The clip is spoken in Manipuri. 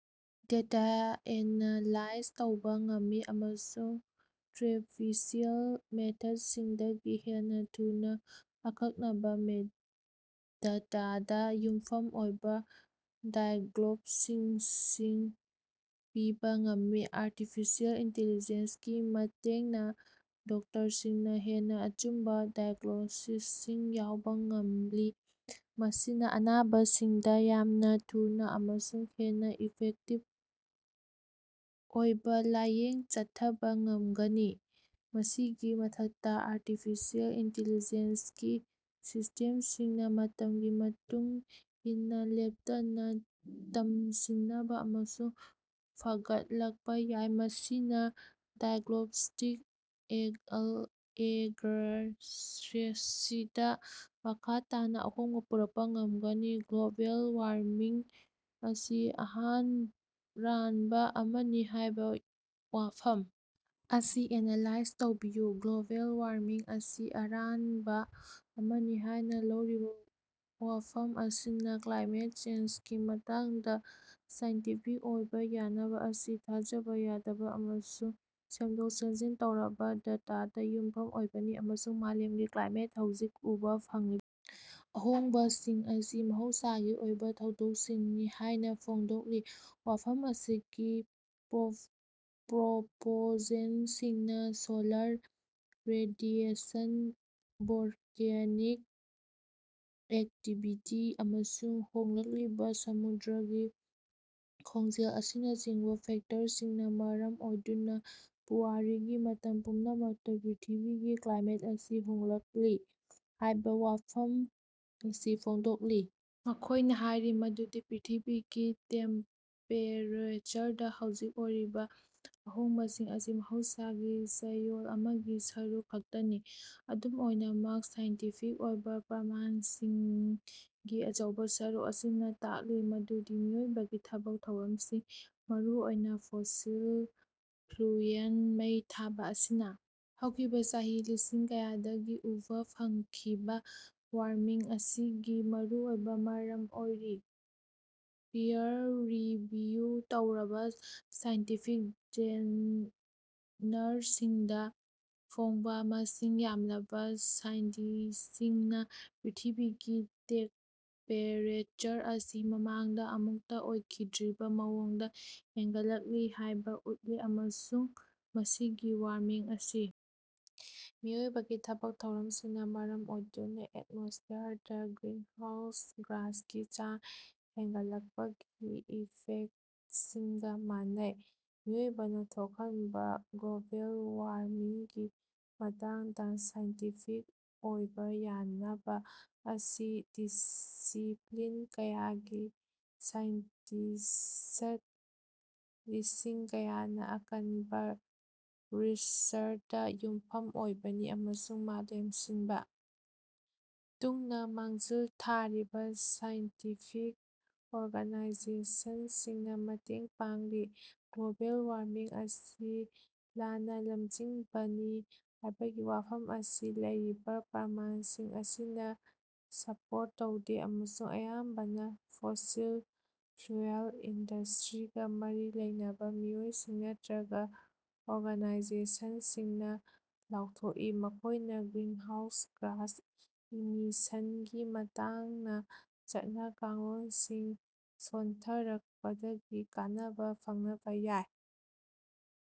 ꯗꯦꯇꯥ ꯑꯦꯅꯥꯂꯥꯏꯖ ꯇꯧꯕ ꯉꯝꯃꯤ ꯑꯃꯁꯨꯡ ꯇ꯭ꯔꯦꯗꯤꯁ꯭ꯅꯦꯜ ꯃꯦꯊꯗꯁꯤꯡꯗꯒꯤ ꯍꯦꯟꯅ ꯊꯨꯅ ꯑꯀꯛꯅꯕ, ꯗꯦꯇꯥꯗ ꯌꯨꯝꯐꯝ ꯑꯣꯏꯕ ꯗꯥꯏꯒ꯭ꯅꯣꯁꯤꯁꯁꯤꯡ ꯄꯤꯕ ꯉꯝꯃꯤ꯫ ꯑꯥꯔꯇꯤꯐꯤꯁꯤꯑꯦꯜ ꯏꯟꯇꯤꯂꯤꯖꯦꯟꯁ ꯀꯤ ꯃꯇꯦꯡꯅ ꯗꯣꯛꯇꯔꯁꯤꯡꯅ ꯍꯦꯟꯅ ꯑꯆꯨꯝꯕ ꯗꯥꯏꯒ꯭ꯅꯣꯁꯤꯁꯁꯤꯡ ꯌꯧꯕ ꯉꯝꯂꯤ, ꯃꯁꯤꯅ ꯑꯅꯥꯕꯁꯤꯡꯗ ꯌꯥꯝꯅ ꯊꯨꯅ ꯑꯃꯁꯨꯡ ꯍꯦꯟꯅ ꯏꯐꯦꯛꯇꯤꯕ ꯑꯣꯏꯕ ꯂꯥꯌꯦꯡ ꯆꯠꯊꯕ ꯉꯝꯒꯅꯤ꯫ ꯃꯁꯤꯒꯤ ꯃꯊꯛꯇ, ꯑꯥꯔꯇꯤꯐꯤꯁꯤꯑꯦꯜ ꯏꯟꯇꯤꯂꯤꯖꯦꯟꯁ ꯀꯤ ꯁꯤꯁꯇꯦꯝꯁꯤꯡꯅ ꯃꯇꯝꯒꯤ ꯃꯇꯨꯡ ꯏꯟꯅ ꯂꯦꯞꯇꯅ ꯇꯝꯁꯤꯅꯕ ꯑꯃꯁꯨꯡ ꯐꯒꯠꯂꯛꯄ ꯌꯥꯏ, ꯃꯁꯤꯅ ꯗꯥꯏꯒ꯭ꯅꯣꯁꯇꯤꯛ ꯑꯦꯀ꯭ꯌꯨꯔꯦꯁꯤꯗ ꯃꯈꯥ ꯇꯥꯅ ꯑꯍꯣꯡꯕ ꯄꯨꯔꯛꯄ ꯉꯝꯒꯅꯤ꯫ ꯒ꯭ꯂꯣꯕꯦꯜ ꯋꯥꯔꯃꯤꯡ ꯑꯁꯤ ꯑꯔꯥꯟꯕ ꯑꯃꯅꯤ ꯍꯥꯏꯕ ꯋꯥꯐꯝ ꯑꯁꯤ ꯑꯦꯅꯥꯂꯥꯏꯖ ꯇꯧꯕꯤꯌꯨ꯫ ꯒ꯭ꯂꯣꯕꯦꯜ ꯋꯥꯔꯃꯤꯡ ꯑꯁꯤ ꯑꯔꯥꯟꯕ ꯑꯃꯅꯤ ꯍꯥꯏꯅ ꯂꯧꯔꯤꯕ ꯋꯥꯐꯝ ꯑꯁꯤꯅ ꯀ꯭ꯂꯥꯏꯃꯦꯠ ꯆꯦꯟꯖꯒꯤ ꯃꯇꯥꯡꯗ ꯁꯥꯏꯟꯇꯤꯐꯤꯛ ꯑꯣꯏꯕ ꯌꯥꯅꯕ ꯑꯁꯤ ꯊꯥꯖꯕ ꯌꯥꯗꯕ ꯑꯃꯁꯨꯡ ꯁꯦꯝꯗꯣꯛ-ꯁꯦꯝꯖꯤꯟ ꯇꯧꯔꯕ ꯗꯦꯇꯥꯗ ꯌꯨꯝꯐꯝ ꯑꯣꯏꯕꯅꯤ, ꯑꯃꯁꯨꯡ ꯃꯥꯂꯦꯝꯒꯤ ꯀ꯭ꯂꯥꯏꯃꯦꯠꯇ‌ ꯍꯧꯖꯤꯛ ꯎꯕꯥ ꯐꯪꯂꯤꯕ ꯑꯍꯣꯡꯕꯁꯤꯡ ꯑꯁꯤ ꯃꯍꯧꯁꯥꯒꯤ ꯑꯣꯏꯕ ꯊꯧꯗꯣꯛꯁꯤꯡꯅꯤ ꯍꯥꯏꯅ ꯐꯣꯡꯗꯣꯛꯂꯤ꯫ ꯋꯥꯐꯝ ꯑꯁꯤꯒꯤ ꯄ꯭ꯔꯣꯄꯣꯖꯦꯟꯇꯁꯤꯡꯅ ꯁꯣꯂꯥꯔ ꯔꯦꯗꯤꯑꯦꯁꯟ, ꯚꯣꯜꯀꯦꯅꯤꯛ ꯑꯦꯛꯇꯤꯚꯤꯇꯤ, ꯑꯃꯁꯨꯡ ꯍꯣꯡꯂꯛꯂꯤꯕ ꯁꯃꯨꯗ꯭ꯔꯒꯤ ꯈꯣꯡꯖꯦꯜ ꯑꯁꯤꯅꯆꯤꯡꯕ ꯐꯦꯛꯇꯔꯁꯤꯡꯅ ꯃꯔꯝ ꯑꯣꯏꯗꯨꯅ ꯄꯨꯋꯥꯔꯤꯒꯤ ꯃꯇꯝ ꯄꯨꯝꯅꯃꯛꯇ ꯄ꯭ꯔꯤꯊꯤꯕꯤꯒꯤ ꯀ꯭ꯂꯥꯏꯃꯦꯠ ꯑꯁꯤ ꯍꯣꯡꯂꯛꯂꯤ ꯍꯥꯏꯕ ꯋꯥꯐꯝ ꯑꯁꯤ ꯐꯣꯡꯗꯣꯛꯂꯤ꯫ ꯃꯈꯣꯏꯅ ꯍꯥꯏꯔꯤ ꯃꯗꯨꯗꯤ ꯄ꯭ꯔꯤꯊꯤꯕꯤꯒꯤ ꯇꯦꯝꯄꯦꯔꯦꯆꯔꯗ‌ ꯍꯧꯖꯤꯛ ꯑꯣꯏꯔꯤꯕ ꯑꯍꯣꯡꯕꯁꯤꯡ ꯑꯁꯤ ꯃꯍꯧꯁꯥꯒꯤ ꯆꯌꯣꯜ ꯑꯃꯒꯤ ꯁꯔꯨꯛ ꯈꯛꯇꯅꯤ꯫ ꯑꯗꯨꯝ ꯑꯣꯏꯅꯃꯛ, ꯁꯥꯏꯟꯇꯤꯐꯤꯛ ꯑꯣꯏꯕ ꯄ꯭ꯔꯃꯥꯟꯁꯤꯡꯒꯤ ꯑꯆꯧꯕ ꯁꯔꯨꯛ ꯑꯁꯤꯅ ꯇꯥꯛꯂꯤ ꯃꯗꯨꯗꯤ ꯃꯤꯑꯣꯏꯕꯒꯤ ꯊꯕꯛ ꯊꯧꯔꯝꯁꯤꯡ, ꯃꯔꯨꯑꯣꯏꯅ ꯐꯣꯁꯤꯜ ꯐ꯭ꯌꯨꯑꯦꯜ ꯃꯩ ꯊꯥꯕ ꯑꯁꯤꯅ ꯍꯧꯈꯤꯕ ꯆꯍꯤ ꯂꯤꯁꯤꯡ ꯀꯌꯥꯗꯒꯤ ꯎꯕꯥ ꯐꯪꯈꯤꯕ ꯋꯥꯔꯃꯤꯡ ꯑꯁꯤꯒꯤ ꯃꯔꯨꯑꯣꯏꯕ ꯃꯔꯝ ꯑꯣꯏꯔꯤ꯫ ꯄꯤꯌꯔ-ꯔꯤꯚꯤꯌꯨ ꯇꯧꯔꯕ ꯁꯥꯏꯟꯇꯤꯐꯤꯛ ꯖꯔꯅꯦꯜꯁꯤꯡꯗ ꯐꯣꯡꯕ‌ ꯃꯁꯤꯡ ꯌꯥꯝꯂꯕ ꯁ꯭ꯇꯗꯤꯁꯤꯡꯅ ꯄ꯭ꯔꯤꯊꯤꯕꯤꯒꯤ ꯇꯦꯝꯄꯦꯔꯦꯆꯔ ꯑꯁꯤ ꯃꯃꯥꯡꯗ ꯑꯃꯨꯛꯇ ꯑꯣꯏꯈꯤꯗ꯭ꯔꯤꯕ ꯃꯑꯣꯡꯗ ꯍꯦꯟꯒꯠꯂꯛꯂꯤ ꯍꯥꯏꯕ ꯎꯠꯂꯦ, ꯑꯃꯁꯨꯡ ꯃꯁꯤꯒꯤ ꯋꯥꯔꯃꯤꯡ ꯑꯁꯤ ꯃꯤꯑꯣꯏꯕꯒꯤ ꯊꯕꯛ ꯊꯧꯔꯝꯁꯤꯡꯅ ꯃꯔꯝ ꯑꯣꯏꯗꯨꯅ ꯑꯦꯠꯃꯣꯁ꯭ꯐꯤꯌꯔꯗ ꯒ꯭ꯔꯤꯟꯍꯥꯎꯁ ꯒ꯭ꯌꯥꯁꯀꯤ ꯆꯥꯡ ꯍꯦꯟꯒꯠꯂꯛꯄꯒꯤ ꯏꯐꯦꯛꯇꯁꯤꯡꯒ ꯃꯥꯟꯅꯩ꯫ ꯃꯤꯑꯣꯏꯕꯅ ꯊꯣꯛꯍꯟꯕ ꯒ꯭ꯂꯣꯕꯦꯜ ꯋꯥꯔꯃꯤꯡꯒꯤ ꯃꯇꯥꯡꯗ ꯁꯥꯏꯟꯇꯤꯐꯤꯛ ꯑꯣꯏꯕ‌ ꯌꯥꯅꯕ ꯑꯁꯤ ꯗꯤꯁꯤꯄ꯭ꯂꯤꯟ ꯀꯌꯥꯒꯤ ꯁꯥꯏꯟꯇꯤꯁꯠ ꯂꯤꯁꯤꯡ ꯀꯌꯥꯅ ꯑꯀꯟꯕ ꯔꯤꯁꯔꯆꯇ ꯌꯨꯝꯐꯝ ꯑꯣꯏꯕꯅꯤ, ꯑꯃꯁꯨꯡ ꯃꯥꯂꯦꯝ ꯁꯤꯟꯕ ꯊꯨꯡꯅ ꯃꯥꯡꯖꯤꯜ ꯊꯥꯔꯤꯕ ꯁꯥꯏꯟꯇꯤꯐꯤꯛ ꯑꯣꯔꯒꯥꯅꯥꯏꯖꯦꯁꯟꯁꯤꯡꯅ‌ ꯃꯇꯦꯡ ꯄꯥꯡꯂꯤ꯫ ꯒ꯭ꯂꯣꯕꯦꯜ ꯋꯥꯔꯃꯤꯡ ꯑꯁꯤ ꯂꯥꯟꯅ ꯂꯝꯖꯤꯡꯕꯅꯤ ꯍꯥꯏꯕꯒꯤ ꯋꯥꯐꯝ ꯑꯁꯤ ꯂꯩꯔꯤꯕ ꯄ꯭ꯔꯃꯥꯟꯁꯤꯡ ꯑꯁꯤꯅ ꯁꯄꯣꯔꯠ ꯇꯧꯗꯦ ꯑꯃꯁꯨꯡ ꯑꯌꯥꯝꯕꯅ ꯐꯣꯁꯤꯜ ꯐ꯭ꯌꯨꯑꯦꯜ ꯏꯟꯗꯁꯇ꯭ꯔꯤꯒ‌ ꯃꯔꯤ ꯂꯩꯅꯕ ꯃꯤꯑꯣꯏꯁꯤꯡ ꯅꯠꯇꯔꯒ ꯑꯣꯔꯒꯅꯥꯏꯖꯦꯁꯟꯁꯤꯡꯅ ꯂꯥꯎꯊꯣꯛꯏ, ꯃꯈꯣꯏꯅ ꯒ꯭ꯔꯤꯟꯍꯥꯎꯁ ꯒ꯭ꯌꯥꯁ ꯏꯃꯤꯁꯟꯒꯤ ꯃꯇꯥꯡꯗ ꯆꯠꯅ-ꯀꯥꯡꯂꯣꯟꯁꯤꯡ ꯁꯣꯟꯊꯔꯛꯄꯗꯒꯤ ꯀꯥꯟꯅꯕ ꯐꯪꯂꯕ ꯌꯥꯏ꯫